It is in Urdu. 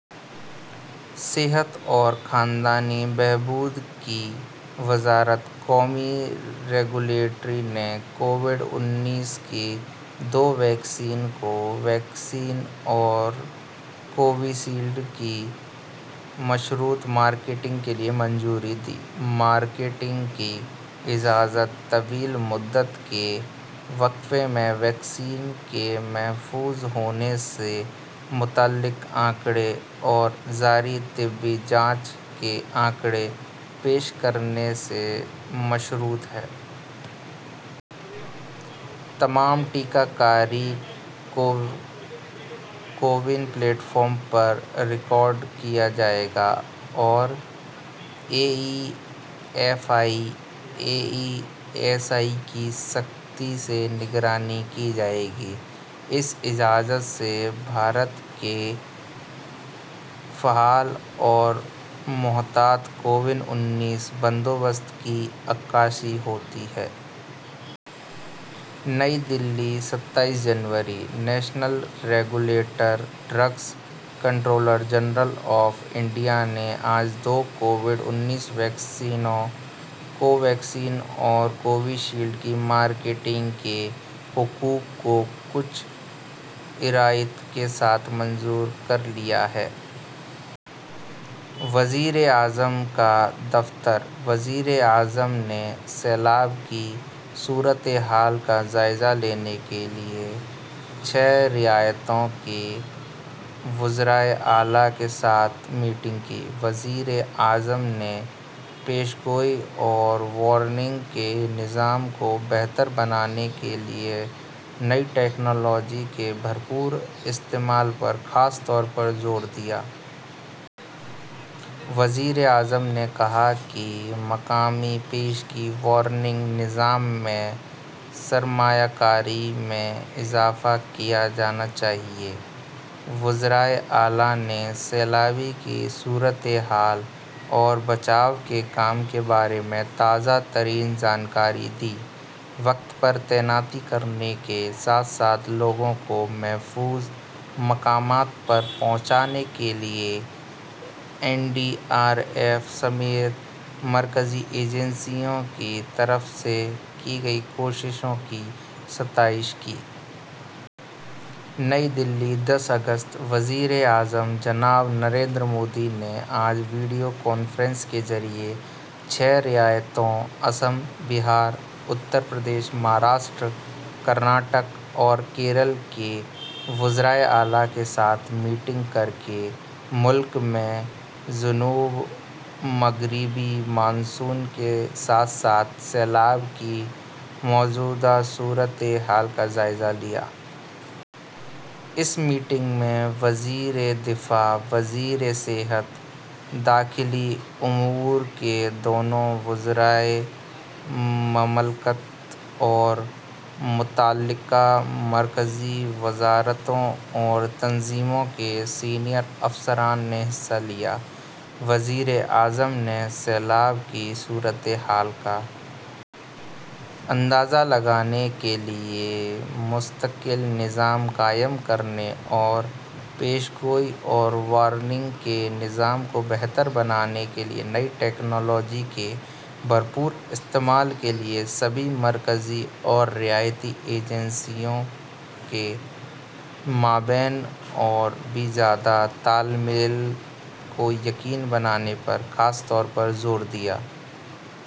صحت اور خاندانی بہبود کی وزارت قومی ریگولیٹر نے کووڈ انیس کی دو ویکسینز، کو ویکسین اور کووی شیلڈ، کی مشروط مارکیٹنگ کے لیے منظوری دی۔ مارکیٹنگ کی اجازت طویل مدت کے وقفے میں ویکسین کے محفوظ ہونے سے متعلق اعداد و شمار اور جاری طبی جانچ کے اعداد و شمار پیش کرنے سے مشروط ہے۔ تمام ٹیکہ کاری کو کوون پلیٹ فارم پر ریکارڈ کیا جائے گا اور A E F I, A E S I کی سختی سے نگرانی کی جائے گی۔ اس اجازت سے بھارت کے فعال اور محتاط کووڈ انیس بندوبست کی عکاسی ہوتی ہے۔ نئی دہلی، ستائیس جنوری۔ National regulator, drugs controller general of India نے آج دو کووڈ انیس ویکسینز، کو ویکسین اور کووی شیلڈ، کی مارکیٹنگ کے حقوق کو کچھ شرائط کے ساتھ منظور کر لیا ہے۔ وزیراعظم کا دفتر وزیر اعظم نے سیلاب کی صورت حال کا جائزہ لینے کے لیے چھ ریاستوں کے وزرائے اعلیٰ کے ساتھ میٹنگ کی۔ وزیر اعظم نے پیش گوئی اور وارننگ کے نظام کو بہتر بنانے کے لیے نئی ٹیکنالوجی کے بھرپور استعمال پر خاص طور پر زور دیا۔ وزیر اعظم نے کہا کہ مقامی پیشگی وارننگ نظام میں سرمایہ کاری میں اضافہ کیا جانا چاہیے۔ وزرائے اعلیٰ نے سیلاب کی صورت حال اور بچاؤ کے کام کے بارے میں تازہ ترین جانکاری دی؛ وقت پر تعیناتی کرنے کے ساتھ ساتھ لوگوں کو محفوظ مقامات پر پہنچانے کے لیے این ڈی آر ایف سمیت مرکزی ایجنسیوں کی طرف سے کی گئی کوششوں کی ستائش کی۔ نئی دہلی، دس اگست۔ وزیر اعظم جناب نریندر مودی نے آج ویڈیو کانفرنس کے ذریعے چھ ریاستوں، آسام، بہار، اتر پردیش، مہاراشٹر، کرناٹک اور کیرالہ، کے وزرائے اعلیٰ کے ساتھ میٹنگ کر کے ملک میں جنوب مغربی مانسون کے ساتھ ساتھ سیلاب کی موجودہ صورت حال کا جائزہ لیا۔ اس میٹنگ میں وزیر دفاع، وزیر صحت، داخلی امور کے دونوں وزرائے مملکت اور متعلقہ مرکزی وزارتوں اور تنظیموں کے سینئر افسران نے حصہ لیا۔ وزیر اعظم نے سیلاب کی صورت حال کا اندازہ لگانے کے لیے مستقل نظام قائم کرنے اور پیش گوئی اور وارننگ کے نظام کو بہتر بنانے کے لیے نئی ٹیکنالوجی کے بھرپور استعمال کے لیے سبھی مرکزی اور ریاستی ایجنسیوں کے مابین اور بھی زیادہ تال میل کو یقینی بنانے پر خاص طور پر زور دیا۔